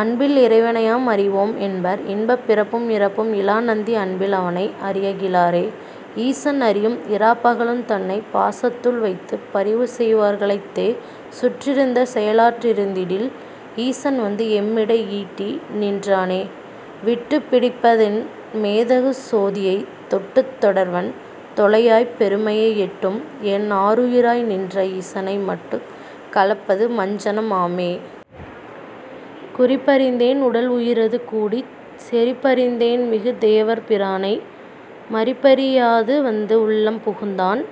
அன்பில் இறைவனை யாம்அறி வோம்என்பர் இன்பப் பிறப்பும் இறப்பும் இலான்நந்தி அன்பில் அவனை அறியகி லாரே. ஈசன் அறியும் இராப்பக லுந்தன்னைப் பாசத்துள் வைத்துப் பரிவுசெய் வார்களைத் தேசுற்று இருந்து செயலற் றிருந்திடில் ஈசன்வந்து எம்மிடை ஈட்டிநின் றானே. விட்டுப் பிடிப்பதென் மேதகு சோதியைத் தொட்டுத் தொடர்வன் தொலையாப் பெருமையை எட்டும் என் ஆருயி ராய்நின்ற ஈசனை மட்டுக் கலப்பது மஞ்சனம் ஆமே. குறிப்பறிந் தேன்உடல் உயிரது கூடிச் செறிப்பறிந் தேன்மிகு தேவர் பிரானை மறிப்பறி யாதுவந்துஉள்ளம் புகுந்தான்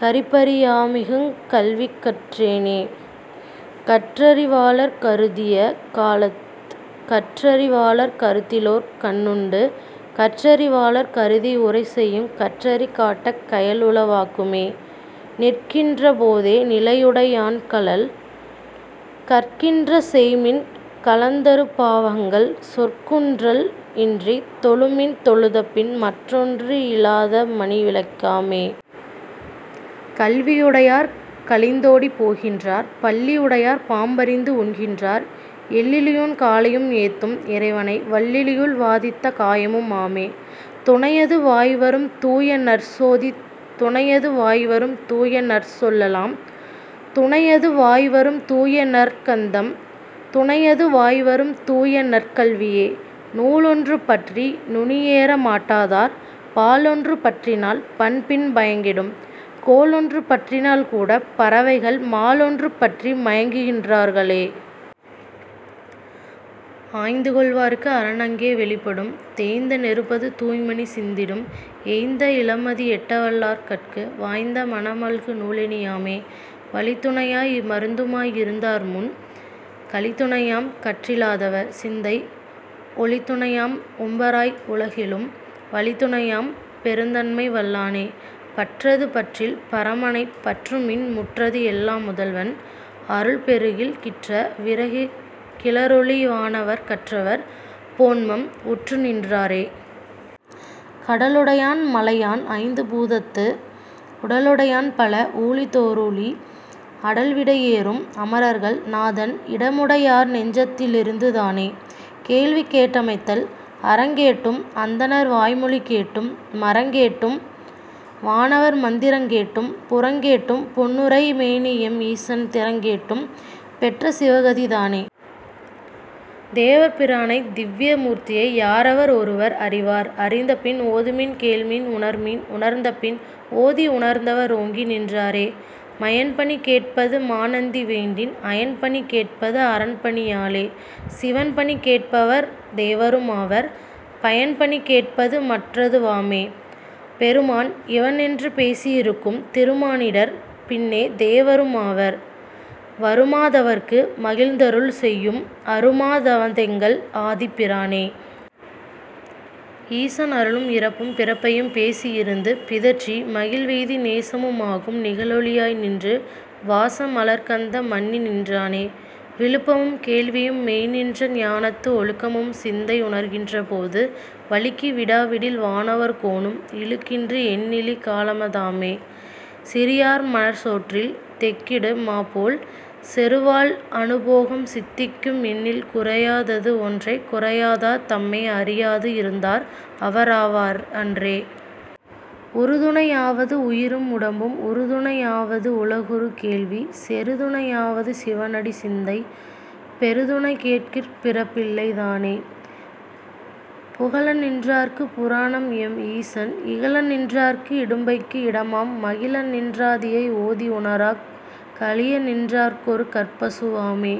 கறிப்பறி யாமிகுங் கல்விகற் றேனே. கற்றறி வாளர் கருதிய காலத்துக் கற்றறி வாளர் கருத்திலோர் கண்ணுண்டு கற்றறி வாளர் கருதி உரைசெய்யுங் கற்றறி காட்டக் கயல்உள வாக்குமே. நிற்கின்ற போதே நிலையுடை யான்கழல் கற்கின்ற செய்மின் கலந்தறும் பாவங்கள் சொற்குன்றல் இன்றித் தொலுமின் தொலுதபின் மற்றொன்று இலாத மணிவிளக் காமே. கல்வி யுடையார் கலிந்தோடிப் போகின்றார் பல்லி யுடையார் பாம்பரிந்து உண்கின்றார் எல்லியுன் காலையும் ஏத்தும் இறைவனை வல்லியுள் வாதித்த காயமும் ஆமே. துணையது வாய்வரும் தூயநற் சோதி துணையது வாய்வரும் தூயநற் சொல்லலாம் துணையது வாய்வரும் தூயநற் கந்தம் துணையது வாய்வரும் தூயநற் கல்வியே. நூலொன்று பற்றி நுனியேற மாட்டாதார் பாலொன்று பற்றினால் பண்பின் பயங்கெடும் கோலொன்று பற்றினால் கூடாப் பறவைகள் மாலொன்று பற்றி மயங்குகின் றார்க்களே. ஆய்ந்துகொள் வார்க்குஅரன் அங்கே வெளிப்படும் தேய்ந்த நெருப்பது தூய்மணி சிந்திடும் ஏய்ந்த இளமதி எட்டவல் லார்கட்கு வாய்ந்த மனமல்கு நூலேணி யாமே. வலித்துணை யாய்மருந் தாயிருந் தார்முன் கலித்துணை யாம்கற் றிலாதவர் சிந்தை ஒலித்துணை யாம்உம் பராய்உல கேழும் வலித்துணை யாம்பெருந் தன்மைவல் லானே. பற்றது பற்றில் பரமனைப் பற்றுமின் முற்றது எல்லா முதல்வன் அருள்பெறிகில் கிற்ற விரகிற் கிளரொளி வானவர் கற்றவர் போன்பம் உற்றுநின் றாரே. கடலுடை யான்மலை யான்ஐந்து பூதத்து உடலுடை யான்பல ஊலிதொ றூலி அடல்விடை யேறும் அமரர்கள் நாதன் இடமுடை யார்நெஞ்சத் தில்லிருந்து தானே... கேள்வி கேட்டமைதல். அறங்கேட்டும் அந்தணர் வாய்மொலி கேட்டும் மறங்கேட்டும் வானவர் மந்திரங் கேட்டும் புறங்கேட்டும் பொன்னுரை மேனிஎம் ஈசன் திறங்கேட்டும் பெற்ற சிவகதி தானே. தேவர் பிரானைத் திவ்விய மூர்த்தியை யாவர் ஒருவர் அறிவார் அறிந்தபின் ஓதுமின் கேள்மின் உணர்மின் உணர்ந்தபின் ஓதி உணர்ந்தவர் ஓங்கி நின்றாரே. மயன்பணி கேட்பது மாநந்தி வேண்டின் அயன்பணி கேட்பது அரன்பணி யாலே சிவன்பணி கேட்பவர் தேவரும் ஆவர் பயன்பணி கேட்பது மற்றது வாமே. பெருமான் இவனென்று பேசி இருக்கும் திருமானிடர் பின்னைத் தேவரும் ஆவர் வருமா தவர்க்கு மகில்ந்தருள் செய்யும் அருமா தவத்தெங்கள் ஆதிப் பிரானே. ஈசன் அருளும் இறப்பும் பிறப்பையும் பேசி யிருந்து பிதற்றி மகில்வெய்தி நேசமு மாகும் நிகழொளி யாய்நின்று வாச மலர்க்கந்தம் மன்னிநின் றானே. விலுப்பமும் கேள்வியும் மெய்நின்ற ஞானத்து ஒலுக்கமும் சிந்தை உணர்கின்ற போது வழுக்கி விடாவிடில் வானவர் கோனும் இலுக்கின்றி எண்ணிலி காலம தாமே. சிறியார் மணற்சோற்றில் தேக்கிடு மாபோல் செறிவால் அனுபோகம் சித்திக்கும் என்னில் குறயாதது ஒன்றைக் குறியாதார் தம்மை அறியாது இருந்தார் அவராவார் அன்றே. உறுதுணை யாவது உயிரும் உடம்பும் உறுதுணை யாவது உலகுறு கேள்வி செறிதுணை யாவது சிவனடிச் சிந்தை பெறுதுணை கேட்கிற் பிறப்பில்லை தானே. புகலநின் றார்க்கும் புராணன்எம் ஈசன் இகலநின் றார்க்கும் இடும்பைக்கு இடமாம் மகிழநின் றாதியை ஓதி உணராக் கலியநின் றார்க்கொரு கற்பசு வாமே.